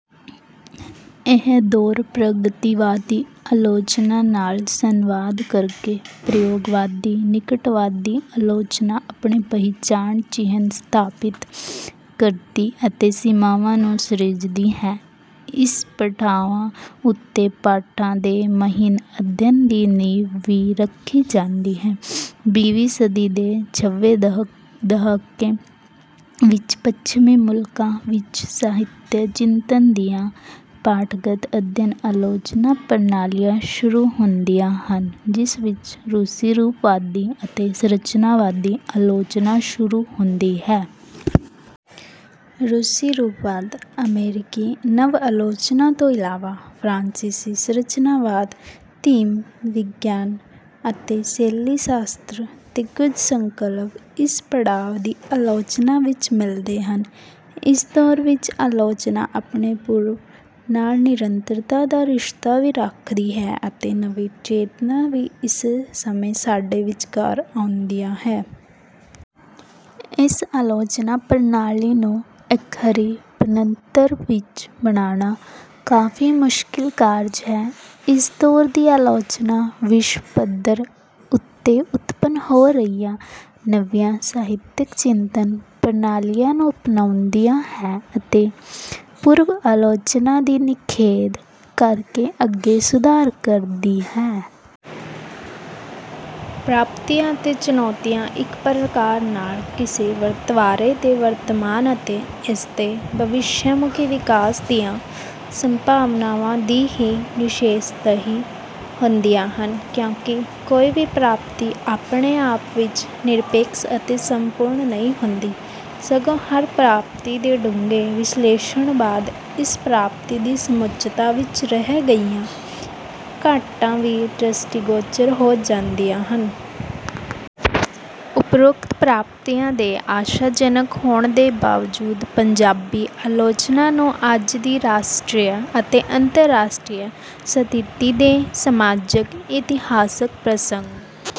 ਇਹ ਦੌਰ ਪ੍ਰਗਤੀਵਾਦੀ ਆਲੋਚਨਾ ਨਾਲ ਸੰਵਾਦ ਕਰਕੇ ਪ੍ਰਯੋਗਵਾਦੀ ਨਿਕਟਵਾਦੀ ਆਲੋਚਨਾ ਆਪਣੇ ਪਹਿਚਾਣ-ਚਿੰਨ੍ਹ ਸਥਾਪਿਤ ਕਰਦੀ ਅਤੇ ਸੀਮਾਵਾਂ ਨੂੰ ਸਿਰਜਦੀ ਹੈ। ਇਸ ਪੜਾਅ ਉੱਤੇ ਪਾਠਾਂ ਦੇ ਮਹੀਨ ਅਧਿਐਨ ਦੀ ਨੀਂਹ ਵੀ ਰੱਖੀ ਜਾਂਦੀ ਹੈ। ਵੀਹਵੀਂ ਸਦੀ ਦੇ ਛੇਵੇਂ ਦਹਾਕੇ ਵਿੱਚ ਪੱਛਮੀ ਮੁਲਕਾਂ ਵਿੱਚ ਸਾਹਿਤ-ਚਿੰਤਨ ਦੀਆਂ ਪਾਠਗਤ ਅਧਿਐਨ ਆਲੋਚਨਾ ਪ੍ਰਣਾਲੀਆਂ ਸ਼ੁਰੂ ਹੁੰਦੀਆਂ ਹਨ, ਜਿਸ ਵਿੱਚ ਰੂਸੀ ਰੂਪਵਾਦੀ ਅਤੇ ਸੰਰਚਨਾਵਾਦੀ ਆਲੋਚਨਾ ਸ਼ੁਰੂ ਹੁੰਦੀ ਹੈ। ਰੂਸੀ ਰੂਪਵਾਦ, ਅਮਰੀਕੀ ਨਵ-ਆਲੋਚਨਾ ਤੋਂ ਇਲਾਵਾ, ਫਰਾਂਸੀਸੀ ਸੰਰਚਨਾਵਾਦ, ਥੀਮ ਵਿਗਿਆਨ ਅਤੇ ਸ਼ੈਲੀ-ਸ਼ਾਸਤਰ ਦੇ ਕੁਝ ਸੰਕਲਪ ਇਸ ਪੜਾਅ ਦੀ ਆਲੋਚਨਾ ਵਿੱਚ ਮਿਲਦੇ ਹਨ। ਇਸ ਦੌਰ ਵਿੱਚ ਆਲੋਚਨਾ ਆਪਣੇ ਪੂਰਵ ਨਾਲ ਨਿਰੰਤਰਤਾ ਦਾ ਰਿਸ਼ਤਾ ਵੀ ਰੱਖਦੀ ਹੈ ਅਤੇ ਨਵੀਂ ਚੇਤਨਾ ਵੀ ਇਸ ਸਮੇਂ ਸਾਡੇ ਵਿਚਕਾਰ ਆਉਂਦੀ ਆ ਹੈ। ਇਸ ਆਲੋਚਨਾ ਪ੍ਰਣਾਲੀ ਨੂੰ ਇੱਕਹਰੀ ਬਣਤਰ ਵਿੱਚ ਬੰਨ੍ਹਣਾ ਕਾਫ਼ੀ ਮੁਸ਼ਕਿਲ ਕਾਰਜ ਹੈ। ਇਸ ਦੌਰ ਦੀ ਆਲੋਚਨਾ ਵਿਸ਼ਵ ਪੱਧਰ ਉੱਤੇ ਉਤਪੰਨ ਹੋ ਰਹੀਆਂ ਨਵੀਆਂ ਸਾਹਿਤਕ ਚਿੰਤਨ ਪ੍ਰਣਾਲੀਆਂ ਨੂੰ ਅਪਣਾਉਂਦੀ ਹੈ ਅਤੇ ਪੂਰਵ-ਆਲੋਚਨਾ ਦੀ ਨਿਖੇਧ ਕਰਕੇ ਅੱਗੇ ਸੁਧਾਰ ਕਰਦੀ ਹੈ। ਪ੍ਰਾਪਤੀਆਂ ਅਤੇ ਚੁਣੌਤੀਆਂ ਇੱਕ ਪ੍ਰਕਾਰ ਨਾਲ ਕਿਸੇ ਵਰਤਾਰੇ ਦੇ ਵਰਤਮਾਨ ਅਤੇ ਇਸਦੇ ਭਵਿੱਖਮੁਖੀ ਵਿਕਾਸ ਦੀਆਂ ਸੰਭਾਵਨਾਵਾਂ ਦੀ ਹੀ ਨਿਸ਼ਾਨਦੇਹੀ ਹੁੰਦੀਆਂ ਹਨ, ਕਿਉਂਕਿ ਕੋਈ ਵੀ ਪ੍ਰਾਪਤੀ ਆਪਣੇ ਆਪ ਵਿੱਚ ਨਿਰਪੇਖ ਅਤੇ ਸੰਪੂਰਣ ਨਹੀਂ ਹੁੰਦੀ, ਸਗੋਂ ਹਰ ਪ੍ਰਾਪਤੀ ਦੇ ਡੂੰਘੇ ਵਿਸ਼ਲੇਸ਼ਣ ਬਾਅਦ ਇਸ ਪ੍ਰਾਪਤੀ ਦੀ ਸਮੁੱਚਤਾ ਵਿੱਚ ਰਹਿ ਗਈਆਂ ਘਾਟਾਂ ਵੀ ਦ੍ਰਿਸ਼ਟੀਗੋਚਰ ਹੋ ਜਾਂਦੀਆਂ ਹਨ। ਉਪਰੋਕਤ ਪ੍ਰਾਪਤੀਆਂ ਦੇ ਆਸ਼ਾਜਨਕ ਹੋਣ ਦੇ ਬਾਵਜੂਦ ਪੰਜਾਬੀ ਆਲੋਚਨਾ ਨੂੰ ਅੱਜ ਦੀ ਰਾਸ਼ਟਰੀ ਅਤੇ ਅੰਤਰਰਾਸ਼ਟਰੀ ਸਥਿਤੀ ਦੇ ਸਮਾਜਕ-ਇਤਿਹਾਸਕ ਪ੍ਰਸੰਗ